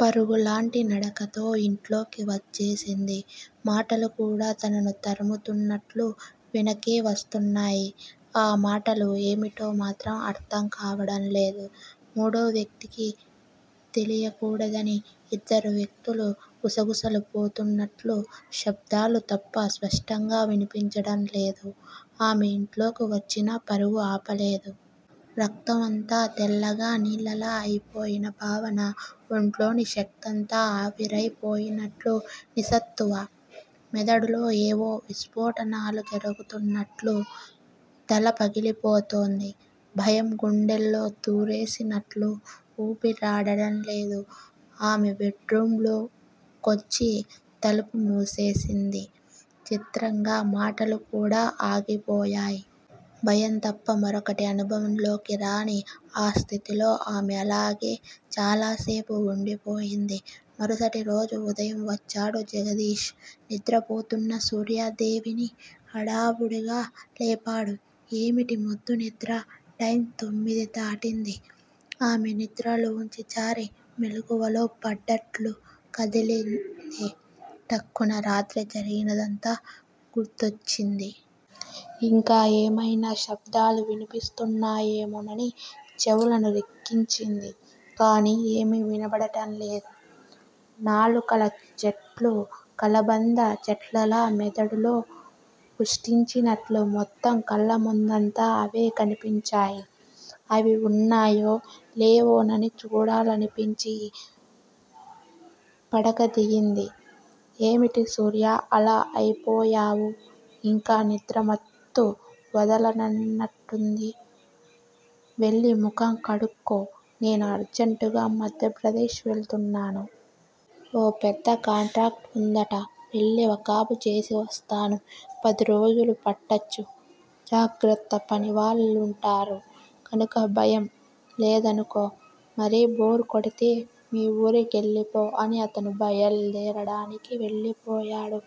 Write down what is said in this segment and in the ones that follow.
పరుగులాంటి నడకతో ఇంట్లోకి వచ్చేసింది. మాటలు కూడా తనను తరుముతున్నట్లు వెనకే వస్తున్నాయి. ఆ మాటలు ఏమిటో మాత్రం అర్ధం కావడం లేదు. మూడో వ్యక్తికి తెలియకూడదని ఇద్దరు వ్యక్తులు గుసగుసలు పోతున్నట్లు శబ్ధాలు తప్ప స్పష్టంగా వినిపించడం లేదు. ఆమె ఇంట్లోకి వచ్చినా పరుగు ఆపలేదు. రక్తం అంతా తెల్లగా నీళ్ళలా అయిపోయిన భావన. ఒంట్లోని శక్తంతా ఆవిరయి పోయినట్లు నిస్సత్తువ. మెదడులో యేవో విస్ఫోటనాలు జరుగుతున్నట్లు తల పగిలిపోతోంది. భయం గుండెల్లో దూరేసినట్లు ఊపిరాడడం లేదు. ఆమె బెడ్ రూమ్ లో కొచ్చి తలుపు మూసేసింది. చిత్రంగా మాటలు కూడా ఆగిపోయాయి. భయంతప్ప మరొకటి అనుభవంలోకి రాని ఆ స్థితిలో ఆమె అలాగే చాలాసేపు వుండిపోయింది. మరుసటిరోజు ఉదయం వచ్చాడు జగదీష్. నిద్రపోతున్న సూర్యాదేవిని హడావుడిగా లేపాడు. ఏమిటీ మొద్దునిద్ర? టైమ్ తొమ్మిది దాటింది ఆమె నిద్రలోంచి జారి మెలకువలో పడ్డట్లు కదిలింది. ఠక్కున రాత్రి జరిగినదంతా గుర్తొచ్చింది. ఇంకా ఏమయినా శబ్ధాలు వినిపిస్తున్నాయేమోనని చెవులను రిక్కించింది. కానీ ఏమీ వినబడటంలేదు. నాలుకల చెట్లు కలబంద చెట్లలా మెదడులో పుష్పించినట్లు మొత్తం కళ్ళముందంతా అవే కనిపించాయి. అవి వున్నాయో లేవోనని చూడాలనిపించి పడక దిగింది. ఏమిటి సూర్యా! అలా అయిపోయావు? ఇంకా నిద్రమత్తు వదలనట్లుంది. వెళ్ళి ముఖం కడుక్కో నేను అర్జంటుగా మధ్యప్రదేశ్ వెళుతున్నాను. ఓ పెద్ద కాంట్రాక్టు వుందట. వెళ్ళి వాకబుచేసి వస్తాను. పదిరోజులు పట్టచ్చు. జాగ్రత్త పనివాళ్ళుంటారు. కనుక భయం లేదనుకో. మరీ బోర్ కొడితే మీ ఊరెళ్ళిపో అని అతను బయల్దేరడానికి వెళ్ళిపోయాడు.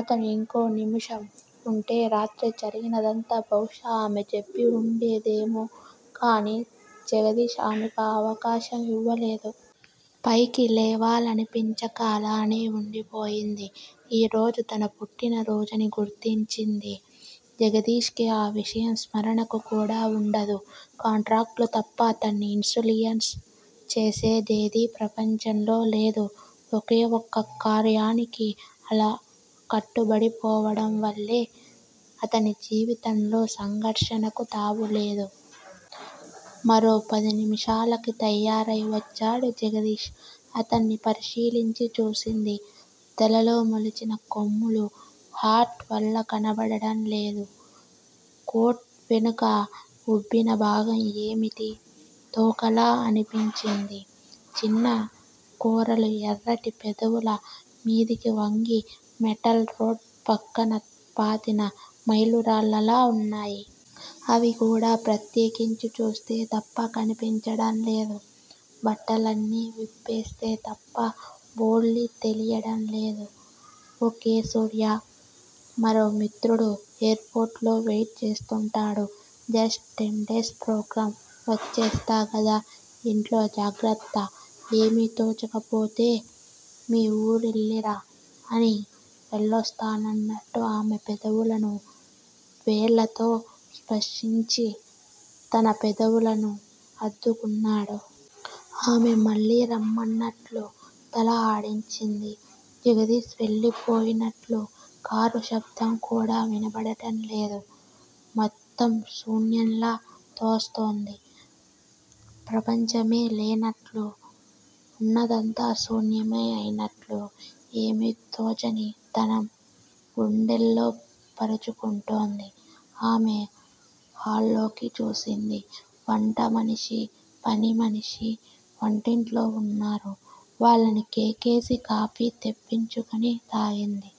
అతను ఇంకో నిముషం వుంటే రాత్రి జరిగినదంతా బహుశా ఆమె చెప్పి వుండేదేమో కానీ జగదీష్ ఆమెకి ఆ అవకాశం ఇవ్వలేదు. పైకి లేవాలనిపించక అలానే వుండిపోయింది. ఈరోజు తన పుట్టిన రోజని గుర్తిచ్చింది. జగదీష్ కి ఆ విషయం స్ఫురణకు కూడా వుండదు. కాంట్రాక్టులు తప్ప అతన్ని ఇన్సులియన్స్ చేసేదేదీ ప్రపంచంలో లేదు. ఒకే ఒక్క కార్యానికి అలా కట్టుబడి పోవడం వల్లే అతని జీవితంలో సంఘర్షణకు తావులేదు. మరో పదినిముషాలకి తయారై వచ్చాడు జగదీష్. అతన్ని పరిశీలించి చూసింది. తలలో మొలిచిన కొమ్ములు హ్యాట్ వల్ల కనబడడంలేదు. కోటు వెనుక ఉబ్భిన భాగం ఏమిటి? తోకలా అనిపించింది. చిన్న కోరలు ఎర్రటి పెదవుల మీదకు వంగి మెటల్ రోడ్డు పక్కన పాతిన మైలురాళ్ళలా వున్నాయి. అవి కూడా ప్రత్యేకించి చూస్తే తప్ప కనిపించడం లేదు. బట్టలన్నీ విప్పేస్తే తప్ప బొల్లి తెలియడం లేదు. ఓకే సూర్యా! మరో మిత్రుడు ఎయిర్ పోర్ట్ లో వెయిట్ చేస్తుంటాడు. జస్ట్ టెన్ డేస్ ప్రోగ్రామ్ వచ్చేస్తా గదా ఇంట్లో జాగ్రత్త ఏమీ తోచకపోతే మీ ఊరెళ్ళిరా అని వెళ్ళొస్తానన్నట్లు ఆమె పెదవులను వేళ్ళతో స్ప్రుశించి తన పెదవులను అద్దుకున్నాడు. ఆమె వెళ్ళిరమ్మన్నట్లు తల ఆడించింది. జగదీష్ వెళ్ళిపోయినట్లు కారు శబ్దం కూడా వినబడటం లేదు. మొత్తం శూన్యంలా తోస్తోంది. ప్రపంచమే లేనట్లు, వున్నదంతా శూన్యమే అయినట్లు ఏమీ తోచనితనం గుండెల్లో పరుచుకుంటోంది. ఆమె హాల్లోకి చూసింది. వంట మనిషి, పనిమనిషీ వంటింట్లో వున్నారు. వాళ్ళని కేకేసి కాఫీ తెప్పించుకుని తాగింది.